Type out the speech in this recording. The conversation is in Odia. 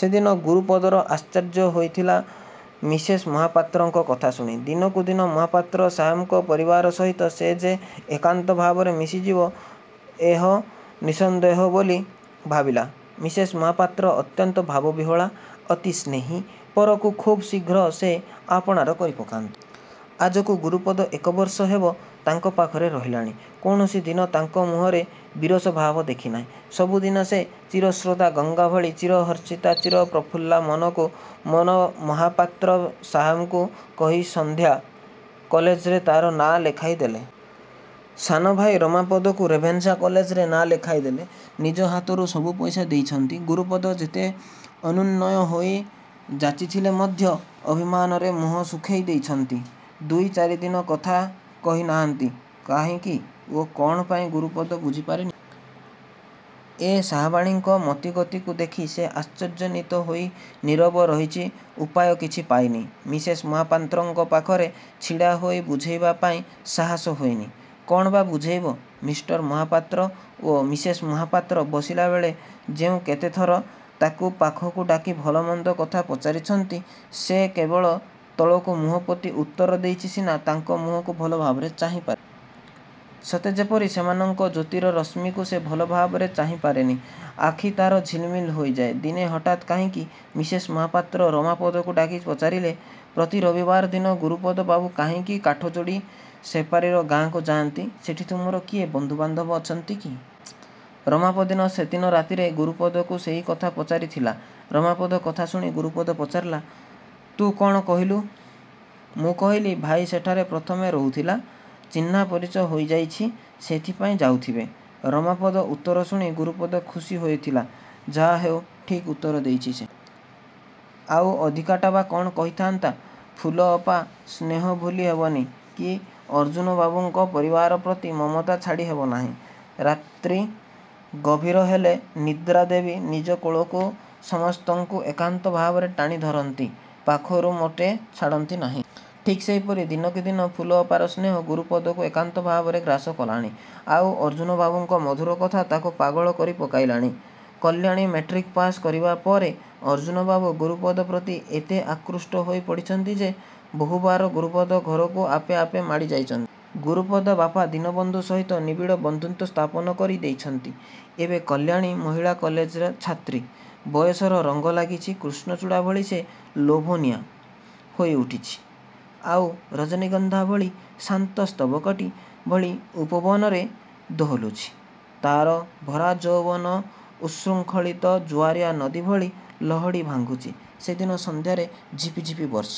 ସେଦିନ ଗୁରୁପଦର ଆଶ୍ଚର୍ଯ୍ୟ ହୋଇଥିଲା ମିସେସ୍ ମହପାତ୍ରଙ୍କ କଥା ଶୁଣି। ଦିନକୁ ଦିନ ମହାପାତ୍ର ସାହାବଙ୍କ ପରିବାର ସହିତ ସେ ଯେ ଏକାନ୍ତ ଭାବରେ ମିଶିଯିବ ଏହ ନିଃସନ୍ଦେହ ବୋଲି ଭାବିଲା। ମିସେସ୍ ମହାପାତ୍ର ଅତ୍ୟନ୍ତ ଭାବବିହ୍ୱଳା। ଅତି ସ୍ନେହୀ ପରକୁ ଖୁବ୍ ଶୀଘ୍ର ସେ ଆପଣାର କରି ପକାନ୍ତି। ଆଜକୁ ଗୁରୁପଦ ଏକ ବର୍ଷ ହେବ ତାଙ୍କ ପାଖରେ ରହିଲାଣି। କୌଣସି ଦିନ ତାଙ୍କ ମୁହଁରେ ବିରସ ଭାବ ଦେଖି ନାହିଁ। ସବୁଦିନ ସେ ଚିର ସ୍ରୋତା ଗଙ୍ଗାଭଳି ଚିର ହର୍ଷିତା, ଚିର ପ୍ରଫୁଲ୍ଲା। ମନକୁ ମନ ମହାପାତ୍ର ସାହାବଙ୍କୁ କହି ସାନ୍ଧ୍ୟ। କଲେଜରେ ତା'ର ନାଁ ଲେଖାଇ ଦେଲେ। ସାନ ଭାଇ ରମାପଦକୁ ରେଭେନ୍ସା କଲେଜରେ ନାଁ ଲେଖାଇ ଦେଲେ। ନିଜ ହାତରୁ ସବୁ ପଇସା ଦେଇଛନ୍ତି। ଗୁରୁପଦ ଯେତେ ଅନୁନ୍ୱୟ ହୋଇ ଯାଚିଥିଲେ ମଧ୍ୟ ଅଭିମାନରେ ମୁହଁ ଶୁଖେଇ ଦେଇଛନ୍ତି। ଦୁଇ ଚାରି ଦିନ କଥା କହି ନାହାନ୍ତି। କାହିଁକି ଓ କ'ଣ ପାଇଁ ଗୁରୁପଦ ବୁଝିପାରିନି। ଏ ସାହାବାଣୀଙ୍କ ମତିଗତିକୁ ଦେଖି ସେ ଆଶ୍ଚର୍ଯ୍ୟାନ୍ୱିତ ହୋଇ ନୀରବ ରହିଛି ଉପାୟ କିଛି ପାଇନି। ମିସେସ୍ ମହାପାତ୍ରଙ୍କ ପାଖରେ ଛିଡ଼ା ହୋଇଛି ବୁଝେଇବା ପାଇଁ। ସାହସ ହୋଇନି। କ'ଣ ବା ବୁଝେଇବ। ମିଷ୍ଟର ମହାପାତ୍ର ଓ ମିସେସ୍ ମହାପାତ୍ର ବସିଲାବେଳେ ଯେଉଁ କେତେଥର ତା'କୁ ପାଖକୁ ଡାକି ଭଲ ମନ୍ଦ କଥା ପଚାରିଛନ୍ତି, ସେ କେବଳ ତଳକୁ ମୁହଁ ପୋତି ଉତ୍ତର ଦେଇଛି ସିନା ତାଙ୍କ ମୁହଁକୁ ଭଲ ଭାବରେ ଚାହିଁ ପାରିନି। ସତେ ଯେପରି ସେମାନଙ୍କ ଜ୍ୟୋତିର ରଶ୍ମୀକୁ ସେ ଭଲ ଭାବରେ ଚାହିଁ ପାରେନି। ଆଖି ତା'ର ଝିଲି ମିଲି ହୋଇଯାଏ। ଦିନେ ହଠାତ୍ କାହିଁକି ମିସେସ୍ ମହାପାତ୍ର ରମାପଦକୁ ଡାକି ପଚାରିଲେ–ପ୍ରତି ରବିବାର ଦିନ ଗୁରୁପଦ ବାବୁ କାହିଁକି କାଠଯୋଡ଼ି ସେପାରିର ଗାଁକୁ ଯାଆନ୍ତି; ସେଠି ତୁମର କିଏ ବନ୍ଧୁବାନ୍ଧବ ଅଛନ୍ତି କି? ରମାପଦ ସେଦିନ ରାତିରେ ଗୁରୁପଦକୁ ସେହି କଥା ପଚାରି ଥିଲା। ରମାପଦ କଥା ଶୁଣି ଗୁରୁପଦ ପଚାରିଲା–ତୁ କ'ଣ କହିଲୁ? ମୁଁ କହିଲି, ଭାଇ ସେଠାରେ ପ୍ରଥମେ ରହୁଥିଲା। ଚିହ୍ନାପରଚ ହୋଇଯାଇଛି ସେଥିପାଇଁ ଯାଉଥିବେ। ରମାପଦ ଉତ୍ତର ଶୁଣି ଗୁରୁପଦ ଖୁସି ହୋଇଥିଲା। ଯାହାହେଉ ଠିକ୍ ଉତ୍ତର ଦେଇଛି ସେ। ଆଉ ଅଧିକାଟା ବା କ'ଣ କହି ଥାଆନ୍ତା? ଫୁଲଅପା ସ୍ନେହ ଭୁଲି ହେବନି କି ଅର୍ଜ୍ଜୁନବାବୁଙ୍କ ପରିବାର ପ୍ରତି ମମତା ଛାଡ଼ି ହେବନାହିଁ। ରାତ୍ରି ଗଭୀର ହେଲେ ନିଦ୍ରା ଦେବୀ ନିଜ କୋଳକୁ ସମସ୍ତଙ୍କୁ ଏକାନ୍ତ ଭାବରେ ଟାଣି ଧରନ୍ତି। ପାଖରୁ ମୋଟେ ଛାଡ଼ନ୍ତି ନାହିଁ। ଠିକ୍ ସେହିପରି ଦିନକୁ ଦିନ ଫୁଲଅପାର ସ୍ନେହ ଗୁରୁପଦକୁ ଏକାନ୍ତ ଭାବରେ ଗ୍ରାସ କଲାଣି। ଆଉ ଅର୍ଜ୍ଜୁନବାବୁଙ୍କ ମଧୁର କଥା ତା'କୁ ପାଗଳ କରି ପକାଇଲାଣି। କଲ୍ୟାଣୀ ମାଟ୍ରିକ୍ ପାସ୍ କରିବା ପରେ ଅର୍ଜ୍ଜୁନବାବୁ ଗୁରୁପଦ ପ୍ରତି ଏତେ ଆକୃଷ୍ଟ ହୋଇ ପଡ଼ିଛନ୍ତି ଯେ ବହୁବାର ଗୁରୁପଦ ଘରକୁ ଆପେ ଆପେ ମାଡ଼ି ଯାଇଛନ୍ତି। ଗୁରୁପଦ ବାପା ଦୀନବନ୍ଧୁ ସହିତ ନିବିଡ଼ ବନ୍ଧୁତ୍ୱ ସ୍ଥାପନ କରି ଦେଇଛନ୍ତି। ଏବେ କଲ୍ୟାଣୀ ମହିଳା କଲେଜ ଛାତ୍ରୀ। ବୟସର ରଙ୍ଗ ଲାଗିଛି। କୃଷ୍ଣଚୂଡ଼ା ଭଳି ସେ ଲୋଭନୀୟା ହୋଇ ଉଠିଛି। ଆଉ ରଜନୀଗନ୍ଧା ଭଳି ଶାନ୍ତ ସ୍ତବକଟି ଭଳି ଉପବନରେ ଦୋହଲୁଛି। ତା'ର ଭରା ଯୌବନ ଉତ୍ଶୃଙ୍ଖଳିତ ଜୁଆରିଆ ନଦୀ ଭଳି ଲହଡ଼ି ଭାଙ୍ଗୁଛି। ସେଦିନ ସନ୍ଧ୍ୟାରେ ଝିପିଝିପି ବର୍ଷା